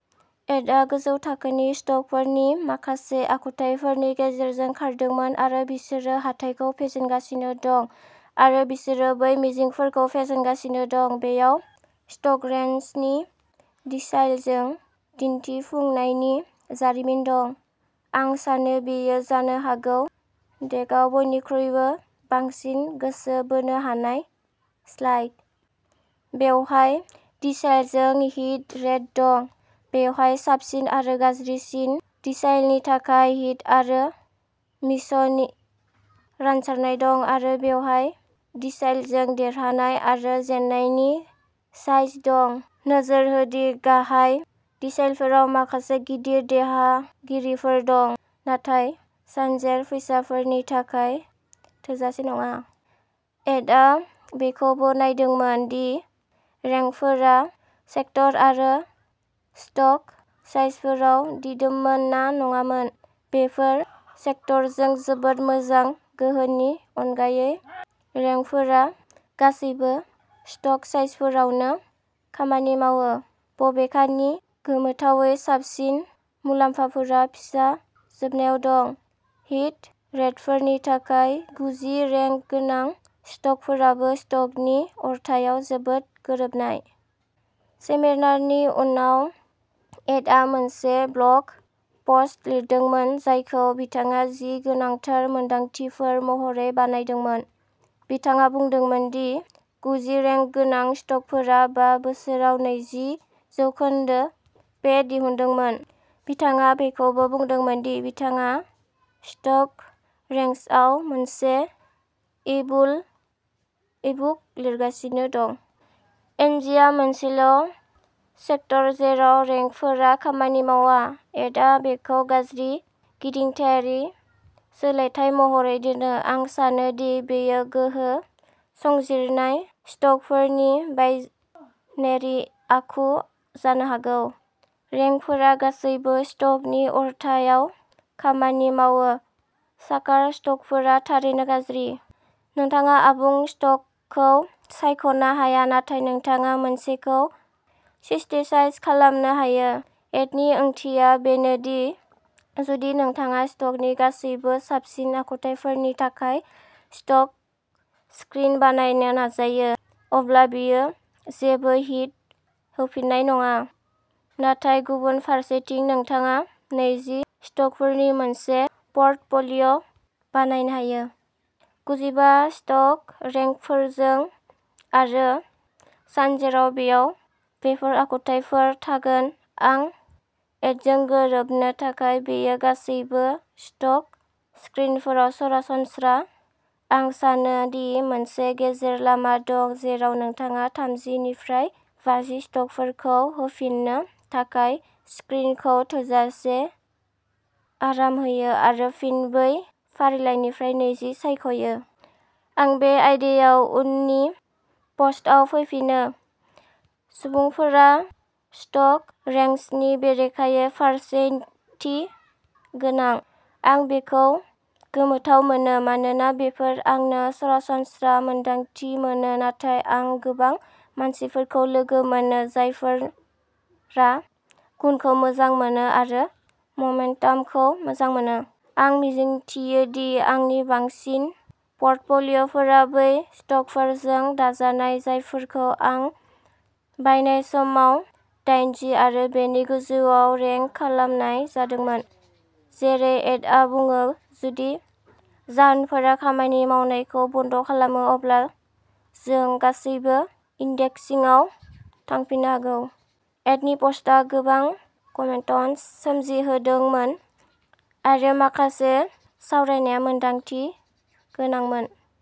एडआ गोजौ थाखोनि स्टकफोरनि माखासे आखुथायफोरनि गेजेरजों खारदोंमोन आरो बिसोरो हाथाइखौ फेजेनगासिनो दं आरो बिसोरो बै मिजिंफोरखौ फेजेनगासिनो दं। बेयाव स्टकरेंक्सनि डिसाइलजों दिन्थिफुंनायनि जारिमिन दं। आं सानो बेयो जानो हागौ डेकआव बयनिख्रुइबो बांसिन गोसो बोनो हानाय स्लाइड। बेवहाय डिसाइलजों हिट रेट दं। बेवहाय साबसिन आरो गाज्रिसिन डिसाइलनि थाखाय हिट आरो मिसनि रानसारनाय दं आरो बेवहाय डिसाइलजों देरहानाय आरो जेननायनि साइज दं। नोजोर हो दि गाहाय दिसाइलफोराव माखासे गिदिर देरहागिरिफोर दं, नाथाय सानजेर फैसाफोरनि थाखाय थोजासे नङा। एडआ बेखौबो नायदोंमोन दि रेंकफोरा सेक्टर आरो स्टक साइजफोराव दिदोममोन ना नङामोन। बेफोर सेक्टरजों जोबोद मोजां, गोहोनि अनगायै। रेंकफोरा गासैबो स्टक साइजफोरावबो खामानि मावो, बबेखानि गोमोथावै साबसिन मुलाम्फाफोरा फिसा जोबनायाव दं। हिट रेटफोरनि थाखाय गुजि रेंक गोनां स्टकफोराबो स्टकनि अरथायाव जोबोद गोरोबनाय। सेमिनारनि उनाव, एडआ मोनसे ब्लग पस्ट लिरदोंमोन, जायखौ बिथाङा "जि गोनांथार मोनदांथिफोर" महरै बानायदोंमोन। बिथाङा बुंदोंमोन दि गुजि रेंक गोनां स्टकफोरा बा बोसोराव नैजि जौखोनदो पे दिहुनदों। बिथाङा बेखौबो बुंदोंमोन दि बिथाङा स्टक रेंक्सआव मोनसे इबु ईबुक लिरगासिनो दं। एनजिया मोनसेल' सेक्टर जेराव रेंकफोरा खामानि मावा। एडआ बेखौ "गाज्रि गिदिंथायारि सोलायथाय" महरै दोनो। आं सानो दि बेयो गोहो संजिरनाय स्टकफोरनि बाइनेरि आखु जानो हागौ। रेंकफोरा गासैबो स्टकनि अरथायाव खामानि मावो। साकार स्टकफोरा थारैनो गाज्रि। नोंथाङा आबुं स्टकखौ सायख'नो हाया, नाथाय नोंथाङा मोनसेखौ सिस्टेसाइज खालामनो हायो। एडनि ओंथिया बेनो दि जुदि नोंथाङा स्टकनि गासैबो साबसिन आखुथायफोरनि थाखाय स्टक स्क्रिन बानायनो नाजायो, अब्ला बेयो जेबो हिट होफिननाय नङा। नाथाय गुबुन फारसेथिं, नोंथाङा नैजि स्टकफोरनि मोनसे प'र्टफ'लिय' बानायनो हायो। गुजिबा स्टक रेंकफोरजों आरो सानजेराव बेयाव बेफोर आखुथायफोर थागोन। आं एडजों गोरोबो, नाथाय बेयो गासैबो स्टक स्क्रिनफोराव सरासनस्रा। आं सानो दि मोनसे गेजेर लामा दं जेराव नोंथाङा थामजि निफ्राय बाजि स्टकफोरखौ होफिन्नो थाखाय स्क्रिनखौ थोजासे आराम होयो, आरो फिन बै फारिलाइनिफ्राय नैजि सायख'यो। आं बे आयदायाव उननि पस्टआव फैफिनो। सुबुंफोरा स्टक रेंक्सनि बेरेखायै फारसेथि गोनां। आं बेखौ गोमोथाव मोनो, मानोना बेफोर आंनो सरासनस्रा मोनदांथि मोनो, नाथाय आं गोबां मानसिफोरखौ लोगो मोनो जायफोरा गुनखौ मोजां मोनो आरो ममेन्टामखौ मोजां मोना। आं मिजिंथियो दि आंनि बांसिन प'र्टफ'लिय'फोरा बै स्टकफोरजों दाजानाय जायफोरखौ आं बायनाय समाव दाइनजि आरो बेनि गोजौआव रेंक खालामनाय जादोंमोन। जेरै एडआ बुङो, जुदि जाहोनफोरा खामानि मावनायखौ बन्द' खालामो, अब्ला जों गासैबो इन्डेक्सिंआव थांफिननो हागौ। एडनि प'स्टआ गोबां कमेन्ट्स सोमजिहोदोंमोन, आरो माखासे सावरायनाया मोनदांथि गोनांमोन।